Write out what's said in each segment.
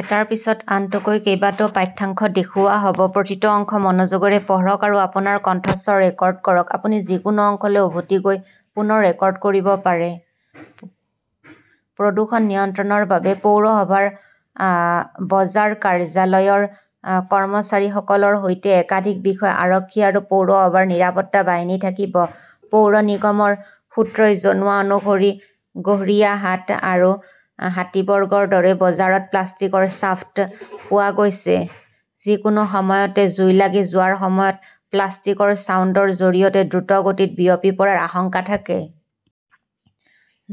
প্ৰদুষন নিয়ন্ত্ৰণ ৰ বাবে পৌৰসভাৰ বজাৰ কাৰ্যালয়ৰ কৰ্মচাৰীসকলৰ সৈতে একাধিক বিষয়া, আৰক্ষী আৰু পৌৰসভাৰ নিৰাপত্তা বাহিনী থাকিব। পৌৰ নিগমৰ সূত্ৰই জনোৱা অনুসৰি গড়িয়াহাট আৰু হাতীবৰ্গৰ দৰে বজাৰত প্লাষ্টিকৰ ছাফ্ট পোৱা গৈছে। যিকোনো সময়তে জুই লাগি যোৱাৰ সময়ত প্লাষ্টিকৰ ছাউণ্ডৰ জৰিয়তে দ্ৰুতগতিত বিয়পি পৰাৰ আশংকা থাকে।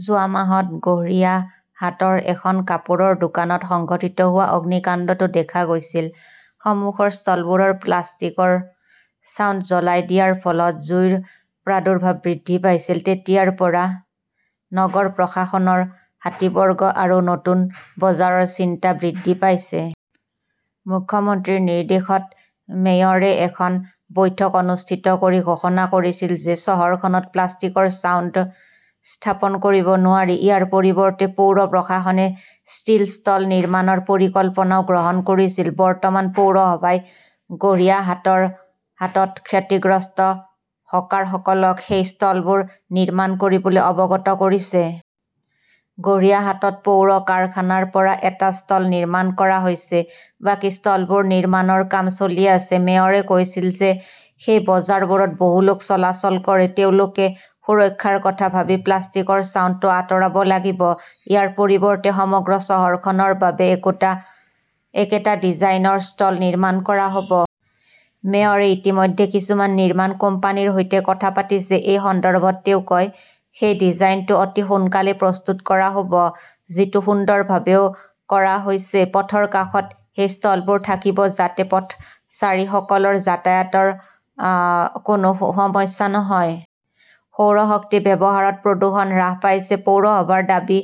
যোৱা মাহত গড়িয়াহাটৰ এখন কাপোৰৰ দোকানত সংঘটিত হোৱা অগ্নিকাণ্ডতো দেখা গৈছিল, সন্মুখৰ ষ্টলবোৰৰ প্লাষ্টিকৰ ছাউণ্ড জ্বলাই দিয়াৰ ফলত জুইৰ প্ৰাদুৰ্ভাৱ বৃদ্ধি পাইছিল। তেতিয়াৰ পৰা নগৰ প্ৰশাসনৰ হাতীবৰ্গ আৰু নতুন বজাৰৰ চিন্তা বৃদ্ধি পাইছে। মুখ্যমন্ত্ৰীৰ নিৰ্দেশত মেয়ৰে এখন বৈঠক অনুষ্ঠিত কৰি ঘোষণা কৰিছিল যে চহৰখনত প্লাষ্টিকৰ ছাউণ্ড স্থাপন কৰিব নোৱাৰি। ইয়াৰ পৰিৱৰ্তে পৌৰ প্ৰশাসনে ষ্টীল ষ্টল নিৰ্মাণৰ পৰিকল্পনাও গ্ৰহণ কৰিছিল। বৰ্তমান, পৌৰসভাই গৰিয়াহাটত ক্ষতিগ্ৰস্ত হকাৰসকলক সেই ষ্টলবোৰ নিৰ্মাণ কৰিবলৈ অৱগত কৰিছে। গড়িয়াহাটত পৌৰ কাৰখানাৰ পৰা এটা ষ্টল নিৰ্মাণ কৰা হৈছে। বাকী ষ্টলবোৰ নিৰ্মাণৰ কাম চলি আছে। মেয়ৰে কৈছিল যে সেই বজাৰবোৰত বহু লোক চলাচল কৰে। তেওঁলোকে সুৰক্ষাৰ কথা ভাবি প্লাষ্টিকৰ ছাউণ্ডটো আঁতৰাব লাগিব। ইয়াৰ পৰিৱৰ্তে সমগ্ৰ চহৰখনৰ বাবে একেটা ডিজাইনৰ ষ্টল নিৰ্মাণ কৰা হ'ব। মেয়ৰে ইতিমধ্যে কিছুমান নিৰ্মাণ কোম্পানীৰ সৈতে কথা পাতিছে। এই সন্দৰ্ভত তেওঁ কয়, "সেই ডিজাইনটো অতি সোনকালেই প্ৰস্তুত কৰা হ'ব। যিটো সুন্দৰভাৱেও কৰা হৈছে। পথৰ কাষত সেই ষ্টলবোৰ থাকিব যাতে পথচাৰীসকলৰ যাতায়াতৰ কোনো সমস্যা নহয়। সৌৰ শক্তি ব্যৱহাৰত প্ৰদূষণ হ্ৰাস পাইছে, পৌৰসভাৰ দাবী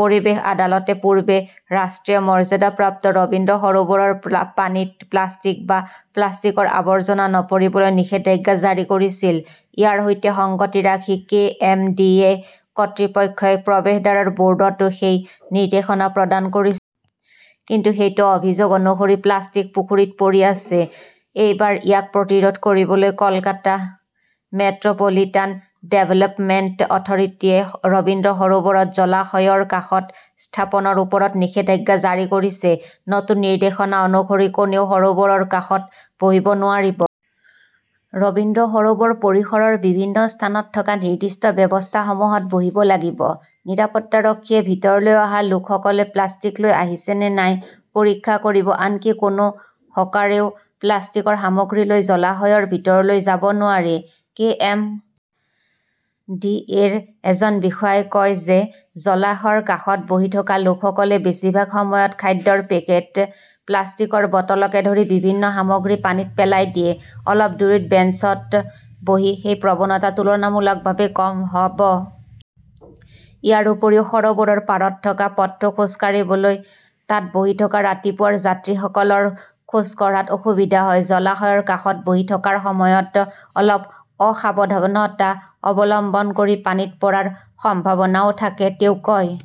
পৰিৱেশ আদালতে পূৰ্বে ৰাষ্ট্ৰীয় মৰ্যাদাপ্ৰাপ্ত ৰবীন্দ্ৰ সৰোবৰৰ পানীত প্লাষ্টিক বা প্লাষ্টিকৰ আৱৰ্জনা নপৰিবলৈ নিষেধাজ্ঞা জাৰি কৰিছিল। ইয়াৰ সৈতে সংগতি ৰাখি, কে. এম. ডি. এ. কৰ্তৃপক্ষই প্ৰৱেশদ্বাৰৰ বোৰ্ডতো সেই নিৰ্দেশনা প্ৰদান কৰিছে। কিন্তু সেইটো অভিযোগ অনুসৰি প্লাষ্টিক পুখুৰীত পৰি আছে। এইবাৰ ইয়াক প্ৰতিৰোধ কৰিবলৈ কলকাতা মেট্ৰ 'পলিটান ডেভেলপমেণ্ট অথৰিটিয়ে ৰবীন্দ্ৰ সৰোবৰত জলাশয়ৰ কাষত স্থাপনৰ ওপৰত নিষেধাজ্ঞা জাৰি কৰিছে। নতুন নিৰ্দেশনা অনুসৰি, কোনেও সৰোবৰৰ কাষত বহিব নোৱাৰিব। ৰবীন্দ্ৰ সৰোবৰ পৰিসৰৰ বিভিন্ন স্থানত থকা নিৰ্দিষ্ট ব্যৱস্থাসমূহত বহিব লাগিব। নিৰাপত্তাৰক্ষীয়ে ভিতৰলৈ অহা লোকসকলে প্লাষ্টিক লৈ আহিছে নে নাই পৰীক্ষা কৰিব। আনকি কোনো হকাৰেও প্লাষ্টিকৰ সামগ্ৰী লৈ জলাশয়ৰ ভিতৰলৈ যাব নোৱাৰে। কে. এম. ডি. এ. -ৰ এজন বিষয়াই কয় যে, জলাশয়ৰ কাষত বহি থকা লোকসকলে বেছিভাগ সময়ত খাদ্যৰ পেকেট, প্লাষ্টিকৰ বটলকে ধৰি বিভিন্ন সামগ্ৰী পানীত পেলাই দিয়ে। অলপ দূৰৈত বেঞ্চত বহি সেই প্ৰৱণতা তুলনামূলকভাৱে কম হ 'ব। ইয়াৰ উপৰিও, সৰোবৰৰ পাৰত থকা পথটো খোজ কাঢ়িবলৈ। তাত বহি থকা ৰাতিপুৱাৰ যাত্ৰীসকলৰ খোজ কাঢ়াত অসুবিধা হয়। জলাশয়ৰ কাষত বহি থকাৰ সময়ত অলপ অসাৱধানতা অৱলম্বন কৰি পানীত পৰাৰ সম্ভাৱনাও থাকে, তেওঁ কয়।